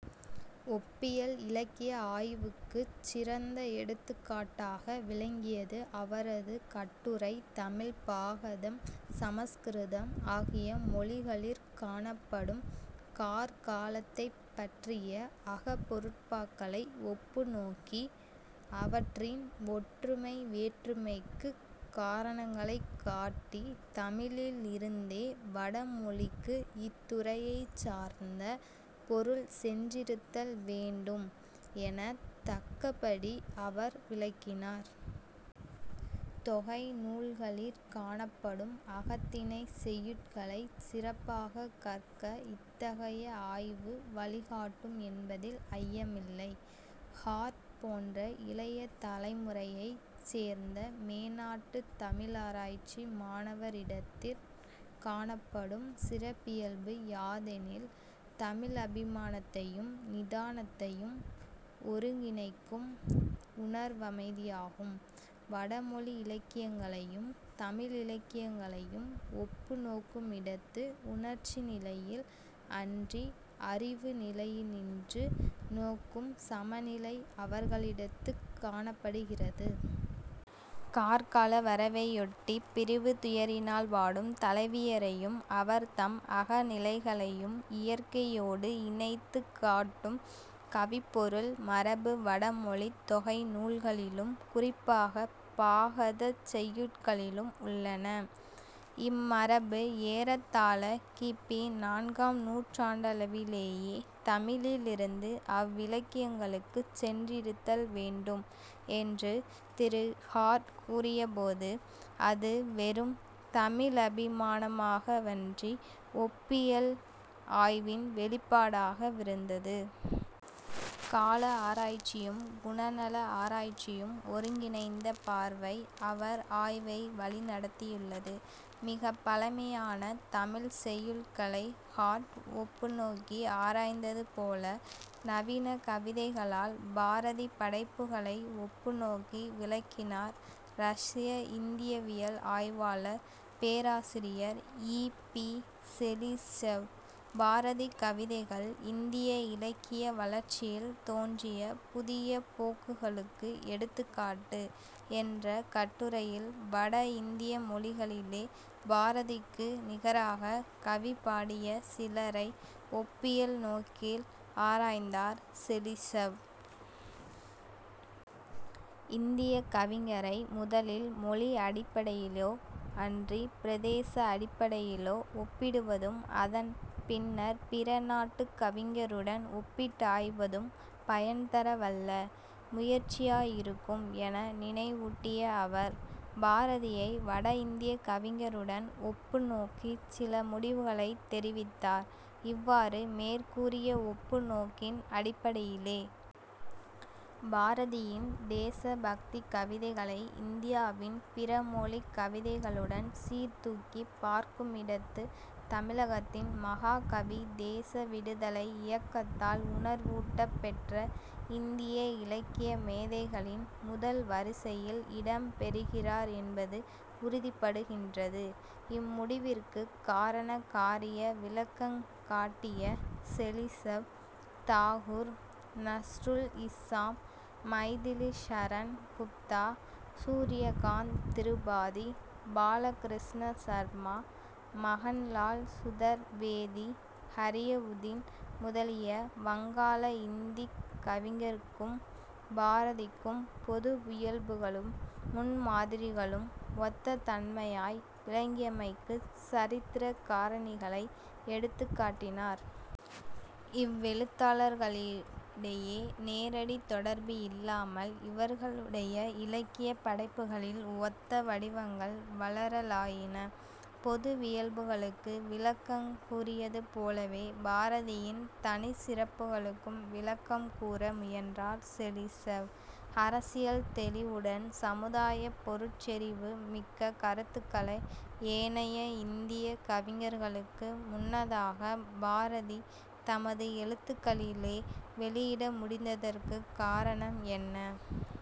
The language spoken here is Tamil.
ஒப்பியல் இலக்கிய ஆய்வுக்குச் சிறந்த எடுத்துக்காட்டாக விளங்கியது அவரது கட்டுரை, தமிழ் பாகதம், சமஸ்கிருதம் ஆகிய மொழிகளிற் காணப்படும கார்காலத்தைப் பற்றிய அகப்பொருட்பாக்களை ஒப்புநோக்கி, அவற்றின் ஒற்றுமை வேற்றுமைக்குக் காரணங்களைக் காட்டி, தமிழிலிருந்தே வட மொழிக்கு இத்துறையைச்சார்ந்த பொருள் சென்றிருத்தல் வேண்டும் எனத் தக்கபடி அவர் விளக்கினார். தொகை நூல்களிற் காணப்படும் அகத்திணைச் செய்யுட்களைச் சிறப்பாகக் கற்க இத்தகைய ஆய்வு வழி காட்டும் என்பதில் ஐயமில்லை. ஹார்ட் போன்ற இளைய தலைமுறையைச் சேர்ந்த மேனாட்டுத் தமிழாராய்ச்சி மாணவரிடத்திற் காணப்படும் சிறப்பியல்பு யாதெனில் தமிழபிமானத்தையும் நிதானத்தையும் ஒருங்கிணைக்கும் உணர்வமைதியாகும். வடமொழியிலக்கியங்களையும் தமிழிலக்கியங்களையும் ஒப்பு நோக்குமிடத்து உணர்ச்சி நிலையில் அன்றி அறிவு நிலையினின்று நோக்கும் சமநிலை அவர்களிடத்துக் காணப்படுகிறது. கார்கால வரவையொட்டிப் பிரிவுத் துயரினால் வாடும் தலைவியரையும் அவர்தம் அகநிலைகளையும் இயற்கையோடு இணைத்துக் காட்டும் கவிப்பொருள் மரபு வடமொழித் தொகை நூல்களிலும் குறிப்பாகப் பாகதச் செய்யுட்களிலும் உள்ளன. இம்மரபு ஏறத்தாழ கி. பி. நான்காம் நூற்றாண்டளவிலேயே தமிழிலிருந்து அவ்விலக்கியங்களுக்குச் சென்றிருத்தல் வேண்டும் என்று திரு. ஹார்ட் கூறிய போது, அது வெறும் தமிழபிமான மாகவன்றி ஒப்பியல் ஆய்வின் வௌிப்பாடாக விருந்தது. கால ஆராய்ச்சியும் குணநல ஆராய்ச்சியும் ஒருங்கிணைந்த பார்வை அவர் ஆய்வை வழிநடத்தியுள்ளது. மிகப் பழமையான தமிழ்ச் செய்யுட்களை ஹார்ட் ஒப்பு நோக்கி ஆராய்ந்தது போல, நவீன கவிதைகளால் பாரதி படைப்புக்களை ஒப்பு நோக்கி விளக்கினார் ரஷ்ய இந்தியவியல் ஆய்வாளர், பேராசிரியர் இ. பி. செலிஷெவ், "பாரதி கவிதைகள் இந்திய இலக்கிய வளர்ச்சியில் தோன்றிய புதிய போக்குகளுக்கு எடுத்துக்காட்டு" என்ற கட்டுரையில் வட இந்திய மொழிகளிலே பாரதிக்கு நிகராகக் கவிபாடிய சிலரை ஒப்பியல் நோக்கில் ஆராய்ந்தார் செலிஷெவ். இந்தியக் கவிஞரை முதலில் மொழியடிப்படையிலோ அன்றிப் பிரதேச அடிப்படையிலோ ஒப்பிடுவதும், அதன் பின்னர் பிற நாட்டுக் கவிஞருடன் ஒப்பிட்டாய்வதும், பயன்தரவல்ல முயற்சியாயிருக்கும் என நினைவூட்டிய அவர், பாரதியை வட இந்தியக் கவிஞருடன் ஒப்பு நோக்கிச் சில முடிவுகளைத் தெரிவித்தார். "இவ்வாறு மேற்கூறிய ஒப்பு நோக்கின் அடிப்படையிலே, பாரதியின் தேசபக்திக் கவிதைகளை இந்தியாவின் பிற மொழிக் கவிதைகளுடன் சீர்தூக்கிப் பார்க்குமிடத்து, தமிழகத்தின் மகாகவி தேச விடுதலை இயக்கத்தால் உணர்வூட்டப் பெற்ற இந்திய இலக்கிய மேதைகளின் முதல் வரிசையில் இடம் பெறுகிறார் என்பது உறுதிப்படுகின்றது" இம்முடிவிற்குக் காரண காரிய விளக்கங் காட்டிய செலிஷெவ், தாகூர், நஸ்ருல் இஸ்ஸாம், மைதிலிஷரண் குப்தா, சூர்யகாந்த் திருபாதி, பாலகிருஷ்ண சர்மா, மகன்லால் சுதர்வேதி, ஹரியவுதின் முதலிய வங்காள, இந்திக் கவிஞருக்கும் பாரதிக்கும் பொதுவுயல்புகளும் முன்மாதிரிகளும் ஒத்த தன்மையாய் விளங்கியமைக்குச் சரித்திரக் காரணிகளை எடுத்துக் காட்டினார். "இவ்வெழுத்தாளர்களிடையே நேரடித் தொடர்பு இல்லாமல் இவர்களுடைய இலக்கியப் படைப்புக்களில் ஒத்த வடிவங்கள் வளரலாயின. பொதுவியல்புகளுக்கு விளக்கங் கூறியது போலவே, "பாரதியின் தனிச் சிறப்புகளுக்கும் விளக்கம் கூற முயன்றார் செலிஷெவ். " அரசியல் தௌிவுடன் சமுதாயப் பொருட்செறிவு மிக்க கருத்துக்களை, ஏனைய இந்தியக் கவிஞர்களுக்கு முன்னதாக, பாரதி தமது எழுத்துக்களிலே வௌியிட முடிந்ததற்குக் காரணம் என்ன?